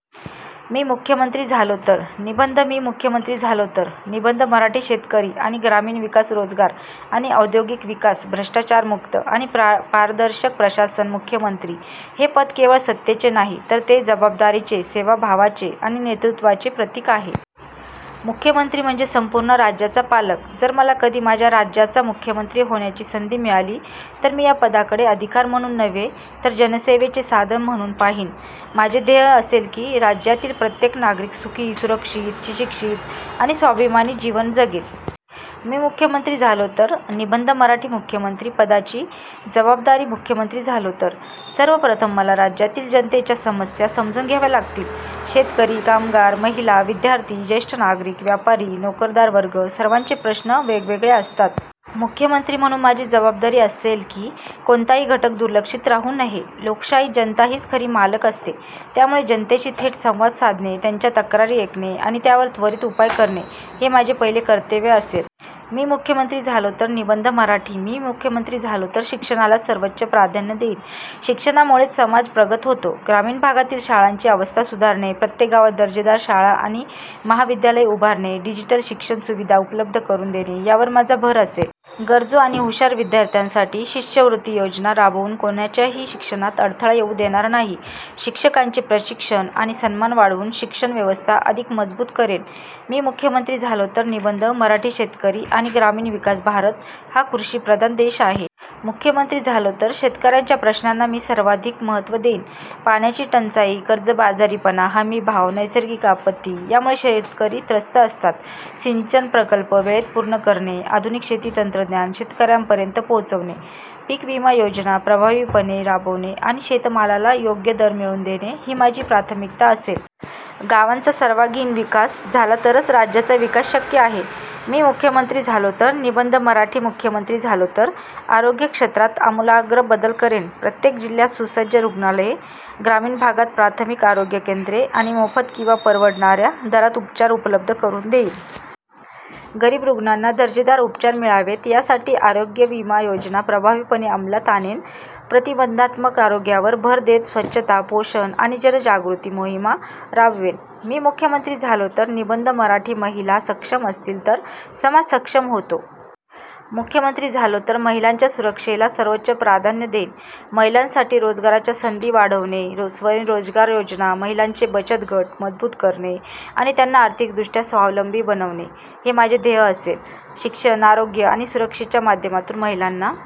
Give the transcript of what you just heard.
मी मुख्यमंत्री झालो तर निबंध मी मुख्यमंत्री झालो तर निबंध मराठी शेतकरी आणि ग्रामीण विकास रोजगार आणि औद्योगिक विकास भ्रष्टाचारमुक्त आणि पारदर्शक प्रशासन मुख्यमंत्री हे पद केवळ सत्तेचे नाही, तर ते जबाबदारीचे, सेवाभावाचे आणि नेतृत्वाचे प्रतीक आहे. मुख्यमंत्री म्हणजे संपूर्ण राज्याचा पालक. जर मला कधी माझ्या राज्याचा मुख्यमंत्री होण्याची संधी मिळाली, तर मी या पदाकडे अधिकार म्हणून नव्हे, तर जनसेवेचे साधन म्हणून पाहीन. माझे ध्येय असेल की राज्यातील प्रत्येक नागरिक सुखी, सुरक्षित, शिक्षित आणि स्वाभिमानी जीवन जगेल. मी मुख्यमंत्री झालो तर निबंध मराठी मुख्यमंत्री पदाची जबाबदारी मुख्यमंत्री झालो तर सर्वप्रथम मला राज्यातील जनतेच्या समस्या समजून घ्याव्या लागतील. शेतकरी, कामगार, महिला, विद्यार्थी, ज्येष्ठ नागरिक, व्यापारी, नोकरदार वर्ग, सर्वांचे प्रश्न वेगवेगळे असतात. मुख्यमंत्री म्हणून माझी जबाबदारी असेल की कोणताही घटक दुर्लक्षित राहू नये. लोकशाहीत जनता हीच खरी मालक असते, त्यामुळे जनतेशी थेट संवाद साधणे, त्यांच्या तक्रारी ऐकणे आणि त्यावर त्वरित उपाय करणे हे माझे पहिले कर्तव्य असेल. मी मुख्यमंत्री झालो तर निबंध मराठी मी मुख्यमंत्री झालो तर शिक्षणाला सर्वोच्च प्राधान्य देईन. शिक्षणामुळेच समाज प्रगत होतो. ग्रामीण भागातील शाळांची अवस्था सुधारणे, प्रत्येक गावात दर्जेदार शाळा आणि महाविद्यालये उभारणे, डिजिटल शिक्षण सुविधा उपलब्ध करून देणे यावर माझा भर असेल. गरजू आणि हुशार विद्यार्थ्यांसाठी शिष्यवृत्ती योजना राबवून कोणाच्याही शिक्षणात अडथळा येऊ देणार नाही. शिक्षकांचे प्रशिक्षण आणि सन्मान वाढवून शिक्षणव्यवस्था अधिक मजबूत करेन. मी मुख्यमंत्री झालो तर निबंध मराठी शेतकरी आणि ग्रामीण विकास भारत हा कृषिप्रधान देश आहे. मुख्यमंत्री झालो तर शेतकऱ्यांच्या प्रश्नांना मी सर्वाधिक महत्त्व देईन. पाण्याची टंचाई, कर्जबाजारीपणा, हमीभाव, नैसर्गिक आपत्ती यामुळे शेतकरी त्रस्त असतात. सिंचन प्रकल्प वेळेत पूर्ण करणे, आधुनिक शेती तंत्रज्ञान शेतकऱ्यांपर्यंत पोहोचवणे, पीक विमा योजना प्रभावीपणे राबवणे आणि शेतमालाला योग्य दर मिळवून देणे ही माझी प्राथमिकता असेल. गावांचा सर्वांगीण विकास झाला तरच राज्याचा विकास शक्य आहे. मी मुख्यमंत्री झालो तर निबंध मराठी मुख्यमंत्री झालो तर आरोग्य क्षेत्रात आमूलाग्र बदल करेन. प्रत्येक जिल्ह्यात सुसज्ज रुग्णालये, ग्रामीण भागात प्राथमिक आरोग्य केंद्रे आणि मोफत किंवा परवडणाऱ्या दरात उपचार उपलब्ध करून देईन. गरीब रुग्णांना दर्जेदार उपचार मिळावेत यासाठी आरोग्य विमा योजना प्रभावीपणे अंमलात आणेन. प्रतिबंधात्मक आरोग्यावर भर देत स्वच्छता, पोषण आणि जनजागृती मोहिमा राबवेन. मी मुख्यमंत्री झालो तर निबंध मराठी महिला सक्षम असतील तर समाज सक्षम होतो. मुख्यमंत्री झालो तर महिलांच्या सुरक्षेला सर्वोच्च प्राधान्य देईन. महिलांसाठी रोजगाराच्या संधी वाढवणे, स्वयंरोजगार योजना, महिलांचे बचत गट मजबूत करणे आणि त्यांना आर्थिकदृष्ट्या स्वावलंबी बनवणे हे माझे ध्येय असेल. शिक्षण, आरोग्य आणि सुरक्षेच्या माध्यमातून महिलांना